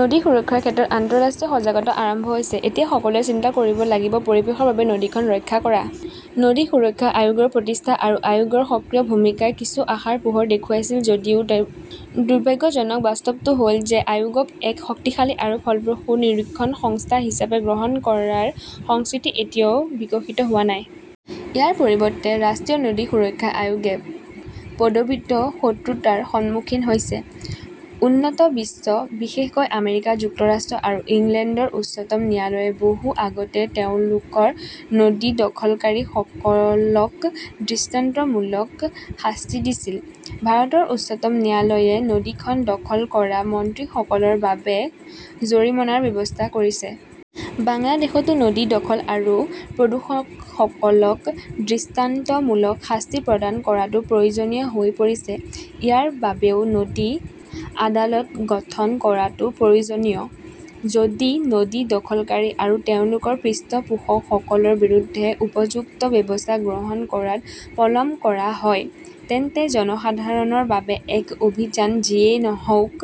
নদী সুৰক্ষাৰ ক্ষেত্ৰত আন্তঃৰাষ্ট্ৰীয় সজাগতা আৰম্ভ হৈছে। এতিয়া সকলোৱে চিন্তা কৰিব লাগিব পৰিৱেশৰ বাবে নদীখন ৰক্ষা কৰা। নদী সুৰক্ষা আয়োগৰ প্ৰতিষ্ঠা আৰু আয়োগৰ সক্ৰিয় ভূমিকাই কিছু আশাৰ পোহৰ দেখুৱাইছিল যদিও দুৰ্ভাগ্যজনক বাস্তৱটো হ'ল যে আয়োগক এক শক্তিশালী আৰু ফলপ্ৰসূ নিৰীক্ষণ সংস্থা হিচাপে গ্ৰহণ কৰাৰ সংস্কৃতি এতিয়াও বিকশিত হোৱা নাই। ইয়াৰ পৰিৱৰ্তে, ৰাষ্ট্ৰীয় নদী সুৰক্ষা আয়োগে পদবীত শত্ৰুতাৰ সন্মুখীন হৈছে। উন্নত বিশ্ব, বিশেষকৈ আমেৰিকা যুক্তৰাষ্ট্ৰ আৰু ইংলেণ্ডৰ উচ্চতম ন্যায়ালয়ে বহু আগতেই তেওঁলোকৰ নদী দখলকাৰীসকলক দৃষ্টান্তমূলক শাস্তি দিছিল। ভাৰতৰ উচ্চতম ন্যায়ালয়ে নদীখন দখল কৰা মন্ত্ৰীসকলৰ বাবে জৰিমনাৰ ব্যৱস্থা কৰিছে। বাংলাদেশতো নদী দখল আৰু প্ৰদূষকসকলক দৃষ্টান্তমূলক শাস্তি প্ৰদান কৰাটো প্ৰয়োজনীয় হৈ পৰিছে। ইয়াৰ বাবেও নদী আদালত গঠন কৰাটো প্ৰয়োজনীয়। যদি নদী দখলকাৰী আৰু তেওঁলোকৰ পৃষ্ঠপোষকসকলৰ বিৰুদ্ধে উপযুক্ত ব্যৱস্থা গ্ৰহণ কৰাত পলম কৰা হয়, তেন্তে জনসাধাৰণৰ বাবে কৰা অভিযান যিয়েই নহওঁক,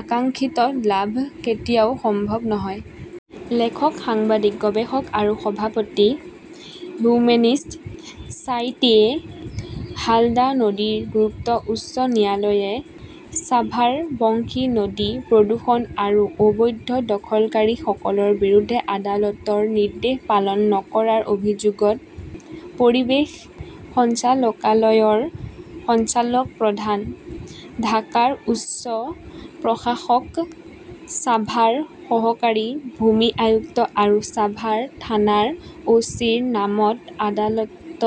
আকাংক্ষিত লাভ কেতিয়াও সম্ভৱ নহয়। লেখক, সাংবাদিক, গৱেষক আৰু সভাপতি হিউমেনিষ্ট ছ 'চাইটিয়ে হালদা নদীৰ গুৰুত্ব উচ্চ ন্যায়ালয়ে ছাভাৰ বংশী নদী প্ৰদূষণ আৰু অবৈধ দখলকাৰীসকলৰ বিৰুদ্ধে আদালতৰ নিৰ্দেশ পালন নকৰাৰ অভিযোগত পৰিৱেশ সঞ্চালকালয়ৰ সঞ্চালক প্ৰধান, ঢাকাৰ উপ-প্ৰশাসক, ছাভাৰ সহকাৰী ভূমি আয়ুক্ত আৰু ছাভাৰ থানাৰ অ'চিৰ নামত আদালত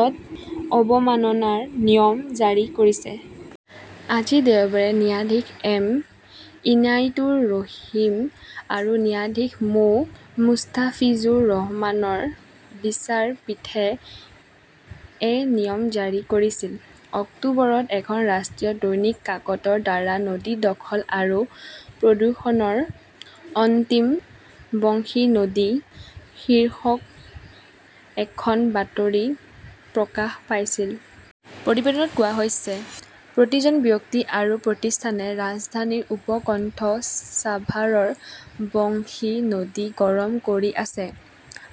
অৱমাননাৰ নিয়ম জাৰি কৰিছে। আজি দেওবাৰে ন্যায়াধীশ এম. ইনাইতুৰ ৰহিম আৰু ন্যায়াধীশ মো. মুষ্টাফিজুৰ ৰহমানৰ বিচাৰপীঠে এ নিয়ম জাৰি কৰিছিল। অক্টোবৰত এখন ৰাষ্ট্ৰীয় দৈনিক কাকতৰ দ্বাৰা নদী দখল আৰু প্ৰদূষণৰ "অন্তিম বংশী নদী" শীৰ্ষক এখন বাতৰি প্ৰকাশ পাইছিল। প্ৰতিবেদনত কোৱা হৈছে, প্ৰতি জন ব্যক্তি আৰু প্ৰতিষ্ঠানে ৰাজধানীৰ উপকণ্ঠ ছাভাৰৰ বংশী নদী গৰম কৰি আছে।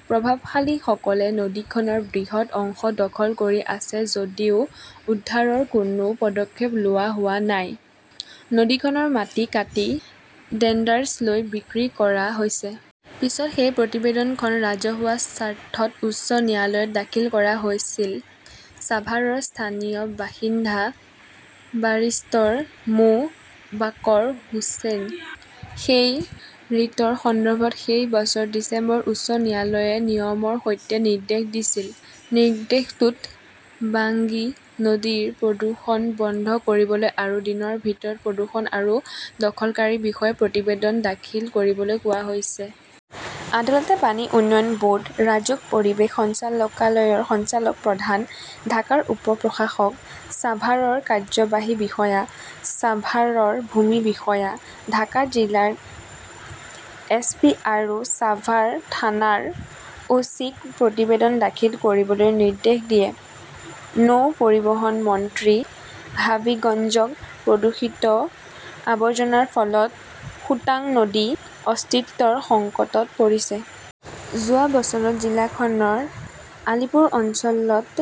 প্ৰভাৱশালীসকলে নদীখনৰ বৃহৎ অংশ দখল কৰি আছে যদিও উদ্ধাৰৰ কোনো পদক্ষেপ লোৱা হোৱা নাই। নদীখনৰ মাটি কাটি ডেডাৰ্ছলৈ বিক্ৰী কৰা হৈছে। পিছত সেই প্ৰতিবেদনখন ৰাজহুৱা স্বাৰ্থত উচ্চ ন্যায়ালয়ত দাখিল কৰা হৈছিল ছাভাৰৰ স্থানীয় বাসিন্দা বাৰিষ্টৰ মো. বাকৰ হোসেন। সেই ৰিটৰ সন্দৰ্ভত সেই বছৰৰ ডিচেম্বৰত উচ্চ ন্যায়ালয়ে নিয়মৰ সৈতে নিৰ্দেশ দিছিল। নিৰ্দেশটোত বাঞ্জী নদীৰ প্ৰদূষণ বন্ধ কৰিবলৈ আৰু দিনৰ ভিতৰত প্ৰদূষণ আৰু দখলকাৰীৰ বিষয়ে প্ৰতিবেদন দাখিল কৰিবলৈ কোৱা হৈছে। আদালতে পানী উন্নয়ন ব'ৰ্ড, ৰাজুক, পৰিৱেশ সঞ্চালকালয়ৰ সঞ্চালক প্ৰধান, ঢাকাৰ উপ-প্ৰশাসক, ছাভাৰৰ কাৰ্যবাহী বিষয়া, ছাভাৰৰ ভূমি বিষয়া, ঢাকা জিলাৰ এছ. পি. আৰু ছাভাৰ থানাৰ অ'.চি. ক প্ৰতিবেদন দাখিল কৰিবলৈ নিৰ্দেশ দিয়ে। নৌ পৰিবহণ মন্ত্ৰী হাভিগঞ্জত প্ৰদূষিত আৱৰ্জনাৰ ফলত সুতাং নদী অস্তিত্বৰ সংকটত পৰিছে। যোৱা বছৰত জিলাখনৰ আলীপুৰ অঞ্চলত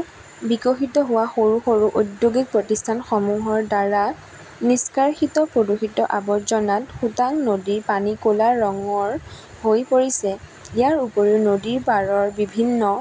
বিকশিত হোৱা সৰু সৰু ঔদ্যোগিক প্ৰতিষ্ঠানসমূহৰ দ্বাৰা নিষ্কাশিত প্ৰদূষিত আৱৰ্জনাত সুতাং নদীৰ পানী ক'লা ৰঙৰ হৈ পৰিছে। ইয়াৰ উপৰিও, নদীৰ পাৰৰ বিভিন্ন